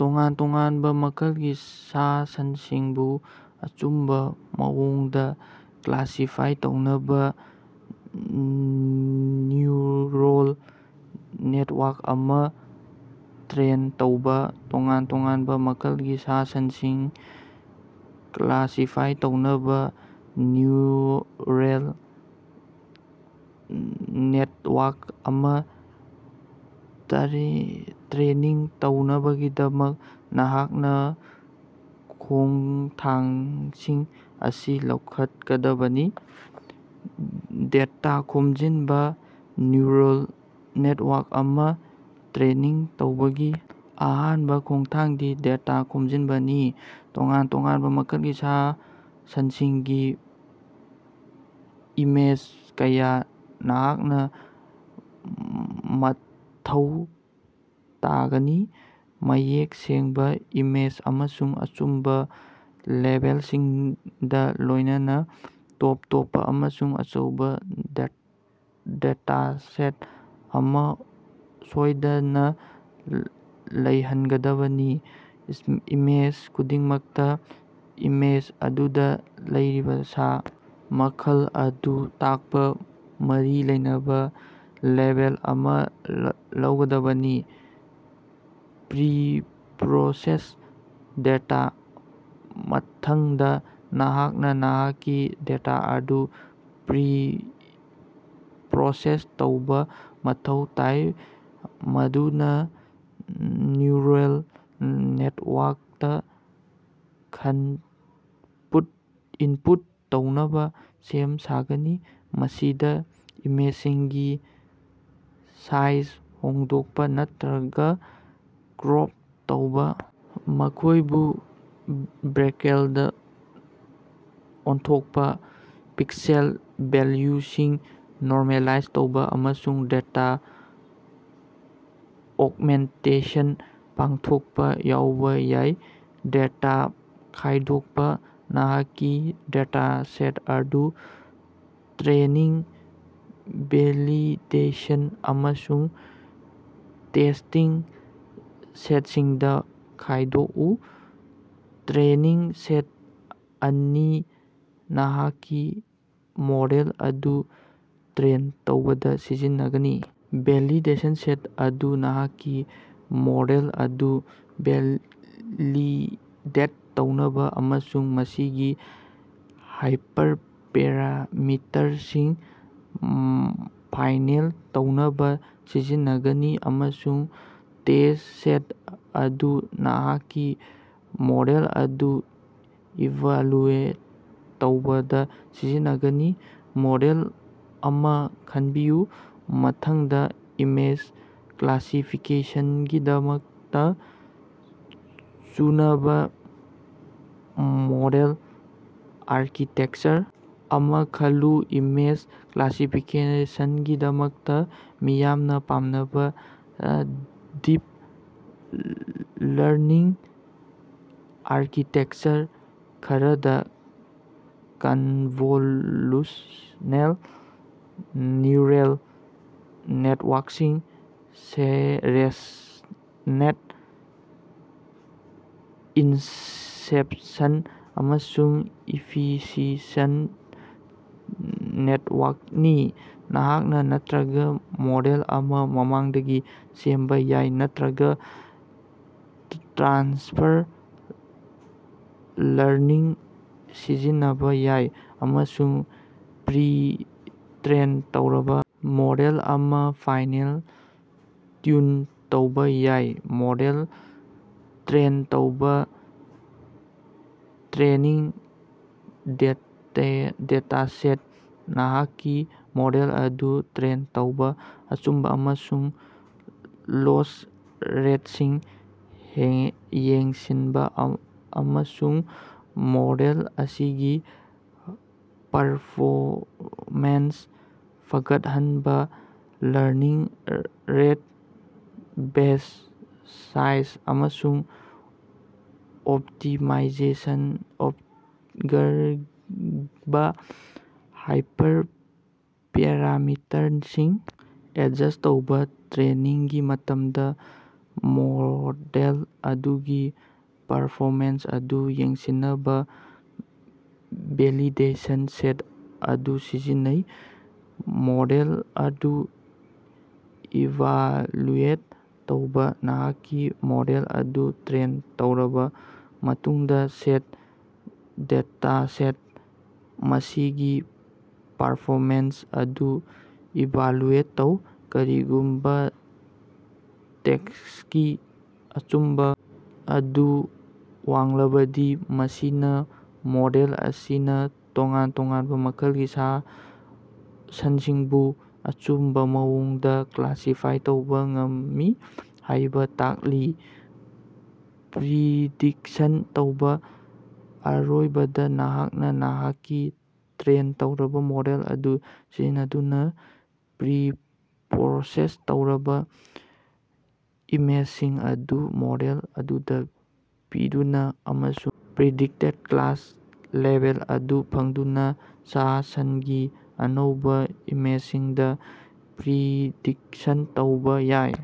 ꯇꯣꯉꯥꯟ-ꯇꯣꯉꯥꯟꯕ ꯃꯈꯜꯒꯤ ꯁꯥ-ꯁꯟꯁꯤꯡꯕꯨ ꯑꯆꯨꯝꯕ ꯃꯑꯣꯡꯗꯥ ꯀ꯭ꯂꯥꯁꯤꯐꯥꯏ ꯇꯧꯅꯕꯥ ꯅ꯭ꯌꯨꯔꯦꯜ ꯅꯦꯠꯋꯥꯛ ꯑꯃꯥ ꯇ꯭ꯔꯦꯟ ꯇꯧꯕꯥ꯫ ꯇꯣꯉꯥꯟ-ꯇꯣꯉꯥꯟꯕ ꯃꯈꯜꯒꯤ ꯁꯥ-ꯁꯟꯁꯤꯡ ꯀ꯭ꯂꯥꯁꯤꯐꯥꯏ ꯇꯧꯅꯕꯥ ꯅ꯭ꯌꯨꯔꯦꯜ ꯅꯦꯠꯋꯥꯛ ꯑꯃꯥ ꯇ꯭ꯔꯦꯅꯤꯡ ꯇꯧꯅꯕꯒꯤꯗꯃꯛ, ꯅꯍꯥꯛꯅꯥ ꯈꯣꯡꯊꯥꯡꯁꯤꯡ ꯑꯁꯤ ꯂꯧꯈꯠꯀꯗꯕꯅꯤ: ꯗꯦꯇꯥ ꯈꯣꯝꯖꯤꯟꯕ: ꯅ꯭ꯌꯨꯔꯜ ꯅꯦꯠꯋꯥꯛ ꯑꯃꯥ ꯇ꯭ꯔꯦꯅꯤꯡ ꯇꯧꯕꯒꯤ ꯑꯍꯥꯟꯕ ꯈꯣꯡꯊꯥꯡꯗꯤ ꯗꯦꯇꯥ ꯈꯣꯝꯖꯤꯟꯕꯅꯤ꯫ ꯇꯣꯉꯥꯟ-ꯇꯣꯉꯥꯟꯕ ꯃꯈꯜꯒꯤ ꯁꯥ-ꯁꯟꯁꯤꯡꯒꯤ ꯏꯃꯦꯖ ꯀꯌꯥ ꯅꯍꯥꯛꯅꯥ ꯃꯊꯧ ꯇꯥꯒꯅꯤ꯫ ꯃꯌꯦꯛ ꯁꯦꯡꯕꯥ ꯏꯃꯦꯖ ꯑꯃꯁꯨꯡ ꯑꯆꯨꯝꯕꯥ ꯂꯦꯕꯦꯜꯁꯤꯡꯒꯥ ꯂꯣꯏꯅꯅ ꯇꯣꯞ ꯇꯣꯞꯄꯥ ꯑꯃꯁꯨꯡ ꯑꯆꯧꯕꯥ ꯗꯦꯇꯥꯁꯦꯠ ꯑꯃꯥ ꯁꯣꯏꯗꯅꯥ ꯂꯩꯍꯟꯒꯗꯕꯅꯤ꯫ ꯏꯃꯦꯖ ꯈꯨꯗꯤꯡꯃꯛꯇ ꯏꯃꯦꯖ ꯑꯗꯨꯗ ꯂꯩꯔꯤꯕꯥ ꯁꯥ ꯃꯈꯜ ꯑꯗꯨ ꯇꯥꯛꯄ ꯃꯔꯤ ꯂꯩꯅꯕꯥ ꯂꯦꯕꯦꯜ ꯑꯃꯥ ꯂꯩꯒꯗꯕꯅꯤ꯫ ꯄ꯭ꯔꯤ-ꯄ꯭ꯔꯣꯁꯦꯁ ꯗꯦꯇꯥ: ꯃꯊꯪꯗꯥ, ꯅꯍꯥꯛꯅꯥ ꯅꯍꯥꯛꯀꯤ ꯗꯦꯇꯥ ꯑꯗꯨ ꯄ꯭ꯔꯤ-ꯄ꯭ꯔꯣꯁꯦꯁ ꯇꯧꯕꯥ ꯃꯊꯧ ꯇꯥꯏ ꯃꯗꯨꯅꯥ ꯅ꯭ꯌꯨꯔꯦꯜ ꯅꯦꯠꯋꯥꯛꯇ ꯏꯟꯄꯨꯠ ꯇꯧꯅꯕꯥ ꯁꯦꯝ ꯁꯥꯒꯅꯤ꯫ ꯃꯁꯤꯗꯥ ꯏꯃꯦꯖꯁꯤꯡꯒꯤ ꯁꯥꯏꯖ ꯍꯣꯡꯗꯣꯛꯄ ꯅꯠꯇ꯭ꯔꯒꯥ ꯀ꯭ꯔꯣꯞ ꯇꯧꯕꯥ, ꯃꯈꯣꯏꯕꯨ ꯒ꯭ꯔꯦꯁ꯭ꯀꯦꯜꯗ ꯑꯣꯟꯊꯣꯛꯄꯥ, ꯄꯤꯛꯁꯦꯜ ꯚꯦꯜꯌꯨꯁꯤꯡ ꯅꯣꯔꯃꯦꯂꯥꯏꯖ ꯇꯧꯕꯥ, ꯑꯃꯁꯨꯡ ꯗꯦꯇꯥ ꯑꯣꯛꯃꯦꯟꯇꯦꯁꯟ ꯄꯥꯡꯊꯣꯛꯄ ꯌꯥꯎꯕ ꯌꯥꯏ꯫ ꯗꯦꯇꯥ ꯈꯥꯏꯗꯣꯛꯄ: ꯅꯍꯥꯛꯀꯤ ꯗꯦꯇꯥꯁꯦꯠ ꯑꯗꯨ ꯇ꯭ꯔꯦꯅꯤꯡ, ꯚꯦꯂꯤꯗꯦꯁꯟ, ꯑꯃꯁꯨꯡ ꯇꯦꯁꯇꯤꯡ ꯁꯦꯠꯁꯤꯡꯗꯥ ꯈꯥꯏꯗꯣꯛꯎ꯫ ꯇ꯭ꯔꯦꯅꯤꯡ ꯁꯦꯠ ꯑꯁꯤ ꯅꯍꯥꯛꯀꯤ ꯃꯣꯗꯦꯜ ꯑꯗꯨ ꯇ꯭ꯔꯦꯟ ꯇꯧꯕꯗꯥ ꯁꯤꯖꯤꯟꯅꯒꯅꯤ, ꯚꯦꯂꯤꯗꯦꯁꯟ ꯁꯦꯠ ꯑꯗꯨ ꯅꯍꯥꯛꯀꯤ ꯃꯣꯗꯦꯜ ꯑꯗꯨ ꯚꯦꯂꯤꯗꯦꯠ ꯇꯧꯅꯕ ꯑꯃꯁꯨꯡ ꯃꯁꯤꯒꯤ ꯍꯥꯏꯄꯔꯄꯦꯔꯥꯃꯤꯇꯔꯁꯤꯡ ꯐꯥꯏꯅꯦꯜ ꯇꯧꯅꯕ ꯁꯤꯖꯤꯟꯅꯒꯅꯤ, ꯑꯃꯁꯨꯡ ꯇꯦꯁ ꯁꯦꯠ ꯑꯗꯨ ꯅꯍꯥꯛꯀꯤ ꯃꯣꯗꯦꯜ ꯑꯗꯨ ꯏꯚꯥꯂꯨꯑꯦꯠ ꯇꯧꯕꯗꯥ ꯁꯤꯖꯤꯟꯅꯒꯅꯤ꯫ ꯃꯣꯗꯦꯜ ꯑꯃꯥ ꯈꯟꯕꯤꯌꯨ: ꯃꯊꯪꯗꯥ, ꯏꯃꯦꯖ ꯀ꯭ꯂꯥꯁꯤꯐꯤꯀꯦꯁꯟꯒꯤꯗꯃꯛꯇ ꯆꯨꯅꯕꯥ ꯃꯣꯗꯦꯜ ꯑꯥꯔꯀꯤꯇꯦꯛꯆꯔ ꯑꯃꯥ ꯈꯜꯂꯨ꯫ ꯏꯃꯦꯖ ꯀ꯭ꯂꯥꯁꯤꯐꯤꯀꯦꯁꯟꯒꯤꯗꯃꯛꯇ ꯃꯤꯌꯥꯝꯅꯥ ꯄꯥꯝꯅꯕꯥ ꯗꯤꯞ ꯂꯔꯅꯤꯡ ꯑꯥꯔꯀꯤꯇꯦꯛꯆꯔ ꯈꯔꯗꯤ ꯀꯟꯚꯣꯜꯂꯨꯁꯅꯦꯜ ꯅ꯭ꯌꯨꯔꯦꯜ ꯅꯦꯠꯋꯥꯛꯁꯤꯡ ꯔꯦꯁꯅꯦꯠ, ꯏꯟꯁꯦꯞꯁꯟ, ꯑꯃꯁꯨꯡ ꯏꯐꯤꯁꯤꯑꯦꯟꯇ ꯅꯦꯠꯋꯥꯛꯅꯤ꯫ ꯅꯍꯥꯛꯅꯥ ꯅꯠꯇ꯭ꯔꯒ ꯃꯣꯗꯦꯜ ꯑꯃꯥ ꯃꯃꯥꯡꯗꯒꯤ ꯁꯦꯝꯕꯥ ꯌꯥꯏ ꯅꯠꯇ꯭ꯔꯒꯥ ꯇ꯭ꯔꯥꯟꯁꯐꯔ ꯂꯔꯅꯤꯡ ꯁꯤꯖꯤꯟꯅꯕꯥ ꯌꯥꯏ ꯑꯃꯁꯨꯡ ꯄ꯭ꯔꯤ-ꯇ꯭ꯔꯦꯟ ꯇꯧꯔꯕꯥ ꯃꯣꯗꯦꯜ ꯑꯃꯥ ꯐꯥꯏꯅꯦꯜ ꯇ꯭ꯌꯨꯟ ꯇꯧꯕꯥ ꯌꯥꯏ꯫ ꯃꯣꯗꯦꯜ ꯇ꯭ꯔꯦꯟ ꯇꯧꯕꯥ: ꯇ꯭ꯔꯦꯅꯤꯡ ꯗꯦꯇꯥꯁꯦꯠꯇ ꯅꯍꯥꯛꯀꯤ ꯃꯣꯗꯦꯜ ꯑꯗꯨ ꯇ꯭ꯔꯦꯟ ꯇꯧꯕꯥ꯫ ꯑꯆꯨꯝꯕꯥ ꯑꯃꯁꯨꯡ ꯂꯣꯁ ꯔꯦꯠꯁꯤꯡ ꯌꯦꯡꯁꯤꯟꯕ ꯑꯃꯁꯨꯡ ꯃꯣꯗꯦꯜ ꯑꯁꯤꯒꯤ ꯄꯔꯐꯣꯃꯦꯟꯁ ꯐꯒꯠꯍꯟꯅꯕ ꯂꯔꯅꯤꯡ ꯔꯦꯠ, ꯕꯦꯆ ꯁꯥꯏꯖ, ꯑꯃꯁꯨꯡ ꯑꯣꯞꯇꯤꯃꯥꯏꯖꯔꯒꯨꯝꯕꯥ ꯍꯥꯏꯄꯔꯄꯦꯔꯥꯃꯤꯇꯔꯁꯤꯡ ꯑꯦꯠꯖꯁ ꯇꯧꯕꯥ꯫ ꯇ꯭ꯔꯦꯅꯤꯡꯒꯤ ꯃꯇꯝꯗ ꯃꯣꯗꯦꯜ ꯑꯗꯨꯒꯤ ꯄꯔꯐꯣꯃꯦꯟꯁ ꯑꯗꯨ ꯌꯦꯡꯁꯤꯟꯅꯕꯥ ꯚꯦꯂꯤꯗꯦꯁꯟ ꯁꯦꯠ ꯑꯗꯨ ꯁꯤꯖꯤꯟꯅꯧ꯫ ꯃꯣꯗꯦꯜ ꯑꯗꯨ ꯏꯚꯥꯜꯌꯨꯑꯦꯠ ꯇꯧꯕꯥ: ꯅꯍꯥꯛꯀꯤ ꯃꯣꯗꯦꯜ ꯑꯗꯨ ꯇ꯭ꯔꯦꯟ ꯇꯧꯔꯕꯥ ꯃꯇꯨꯡꯗꯥ, ꯇꯦꯁ ꯗꯦꯇꯥꯁꯦꯠꯇ ꯃꯁꯤꯒꯤ ꯄꯔꯐꯣꯃꯦꯟꯁ ꯑꯗꯨ ꯏꯚꯥꯂꯨꯑꯦꯠ ꯇꯧ꯫ ꯀꯔꯤꯒꯨꯝꯕꯥ ꯇꯦꯁꯀꯤ ꯑꯆꯨꯝꯕꯥ ꯑꯗꯨ ꯋꯥꯡꯂꯕꯗꯤ, ꯃꯁꯤꯅꯥ ꯃꯣꯗꯦꯜ ꯑꯁꯤꯅꯥ ꯇꯣꯉꯥꯟ-ꯇꯣꯉꯥꯟꯕ ꯃꯈꯜꯒꯤ ꯁꯥ-ꯁꯟꯁꯤꯡꯕꯨ ꯑꯆꯨꯝꯕꯥ ꯃꯑꯣꯡꯗꯥ ꯀ꯭ꯂꯥꯁꯤꯐꯥꯏ ꯇꯧꯕꯥ ꯉꯝꯃꯤ ꯍꯥꯏꯕ ꯇꯥꯛꯂꯤ꯫ ꯄ꯭ꯔꯤꯗꯤꯛꯁꯟ ꯇꯧꯕꯥ: ꯑꯔꯣꯏꯕꯗꯥ, ꯅꯍꯥꯛꯅꯥ ꯅꯍꯥꯛꯀꯤ ꯇ꯭ꯔꯦꯟ ꯇꯧꯔꯕꯥ ꯃꯣꯗꯦꯜ ꯑꯗꯨ ꯁꯤꯖꯤꯟꯅꯗꯨꯅꯥ ꯄ꯭ꯔꯤ-ꯄ꯭ꯔꯣꯁꯦꯁ ꯇꯧꯔꯕꯥ ꯏꯃꯦꯖꯁꯤꯡ ꯑꯗꯨ ꯃꯣꯗꯦꯜ ꯑꯗꯨꯗꯥ ꯄꯤꯗꯨꯅꯥ ꯑꯃꯁꯨꯡ ꯄ꯭ꯔꯤꯗꯤꯛꯇꯦꯠ ꯀ꯭ꯂꯥꯁ ꯂꯦꯕꯦꯜ ꯑꯗꯨ ꯐꯪꯗꯨꯅꯥ ꯁꯥ-ꯁꯟꯒꯤ ꯑꯅꯧꯕ ꯏꯃꯦꯖꯁꯤꯡꯗꯥ ꯄ꯭ꯔꯤꯗꯤꯛꯁꯟ ꯇꯧꯕꯥ ꯌꯥꯏ꯫